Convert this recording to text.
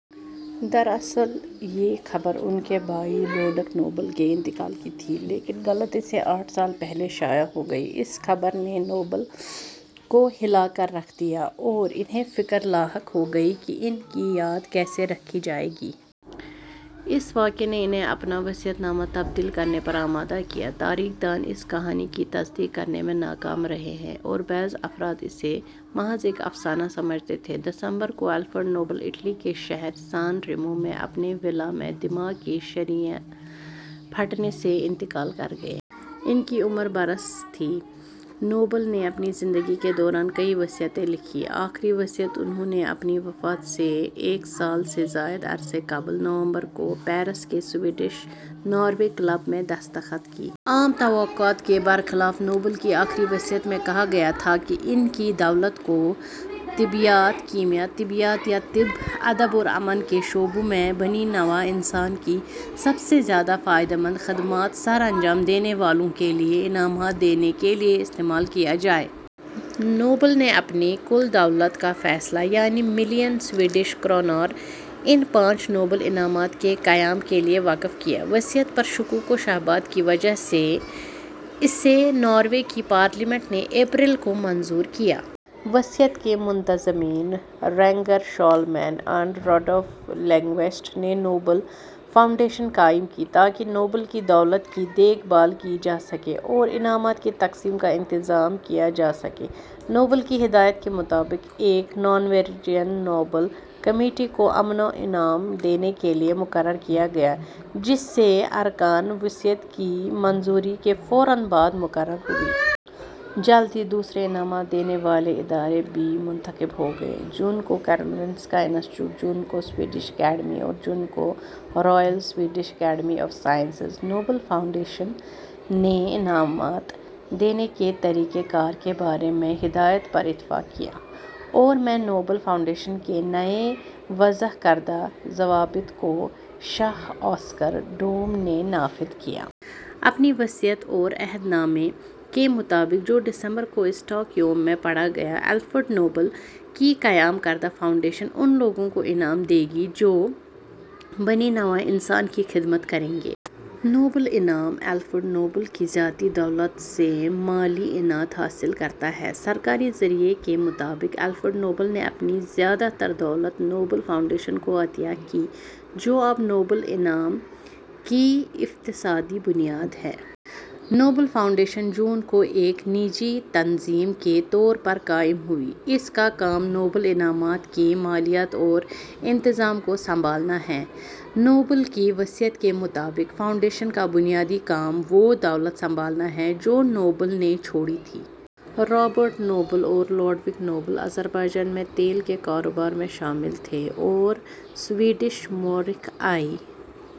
دراصل یہ خبر ان کے بھائی لوڈوگ نوبل کے انتقال کی تھی، لیکن غلطی سے آٹھ سال پہلے شائع ہو گئی۔ اس خبر نے نوبل کو ہلا کر رکھ دیا اور انھیں فکر لاحق ہو گئی کہ ان کی یاد کیسے رکھی جائے گی۔ اسی واقعے نے انھیں اپنا وصیت نامہ تبدیل کرنے پر آمادہ کیا۔ تاریخ دان اس کہانی کی تصدیق کرنے میں ناکام رہے ہیں اور بعض افراد اسے محض ایک افسانہ سمجھتے ہیں۔ دسمبر کو، الفریڈ نوبل اٹلی کے شہر سان ریمو میں اپنے ولا میں دماغ کی شریان پھٹنے سے انتقال کر گئے۔ ان کی عمر برس تھی۔ نوبل نے اپنی زندگی کے دوران کئی وصیتیں لکھیں۔ آخری وصیت انھوں نے اپنی وفات سے ایک سال سے زائد عرصہ قبل، نومبر کو پیرس کے سوئیڈش-ناروے کلب میں دستخط کی۔ عام توقعات کے برخلاف، نوبل کی آخری وصیت میں کہا گیا تھا کہ ان کی دولت کو طبیعیات ، کیمیا ، طبیعیات یا طب ، ادب اور امن کے شعبوں میں بنی نوع انسان کی "سب سے زیادہ فائدہ مند" خدمات سر انجام دینے والوں کے لیے انعامات دینے کے لیے استعمال کیا جائے۔ نوبل نے اپنی کل دولت کا فیصد، یعنی ملین سویڈش کرونر ، ان پانچ نوبل انعامات کے قیام کے لیے وقف کیا۔ وصیت پر شکوک و شبہات کی وجہ سے اسے ناروے کی پارلیمنٹ نے اپریل کو منظور کیا۔ وصیت کے منتظمین، راگنر سولمان اور روڈولف للیکوسٹ، نے نوبل فاونڈیشن قائم کی تاکہ نوبل کی دولت کی دیکھ بھال کی جا سکے اور انعامات کی تقسیم کا انتظام کیا جا سکے۔ نوبل کی ہدایت کے مطابق، ایک نارویجن نوبل کمیٹی کو امن انعام دینے کے لیے مقرر کیا گیا، جس کے ارکان وصیت کی منظوری کے فوراً بعد مقرر ہوئے۔ جلد ہی دوسرے انعامات دینے والے ادارے بھی منتخب ہو گئے۔ جون کو کیرولنسکا انسٹیٹیوٹ ، جون کو سوئیڈش اکیڈمی اور جون کو Royal Swedish Academy of Sciences. Nobel Foundation نے انعامات دینے کے طریقہ کار کے بارے میں ہدایات پر اتفاق کیا اور میں، نوبل فاؤنڈیشن کے نئے وضع کردہ ضوابط کو شاہ اوسکر دوم نے نافذ کیا۔ اپنی وصیت اور عہد نامے کے مطابق، جو دسمبر کو اسٹاک ہوم میں پڑھا گیا، الفریڈ نوبل کی قائم کردہ فاؤنڈیشن اُن لوگوں کو انعام دے گی جو بنی نوع انسان کی خدمت کریں گے۔ نوبل انعام، الفریڈ نوبل کی ذاتی دولت سے مالی اعانت حاصل کرتا ہے۔ سرکاری ذرائع کے مطابق، الفریڈ نوبل نے اپنی زیادہ تر دولت نوبل فاؤنڈیشن کو عطیہ کی، جو اب نوبل انعام کی اقتصادی بنیاد ہے۔ ۔ نوبل فاونڈیشن جون کو ایک نجی تنظیم کے طور پر قائم ہوئی۔ اس کا کام نوبل انعامات کی مالیات اور انتظام کو سنبھالنا ہے۔ نوبل کی وصیت کے مطابق، فاؤنڈیشن کا بنیادی کام وہ دولت سنبھالنا ہے جو نوبل نے چھوڑی تھی۔ رابرٹ نوبل اور لڈوگ نوبل آذربائیجان میں تیل کے کاروبار میں شامل تھے اور سویڈش مؤرخ ای.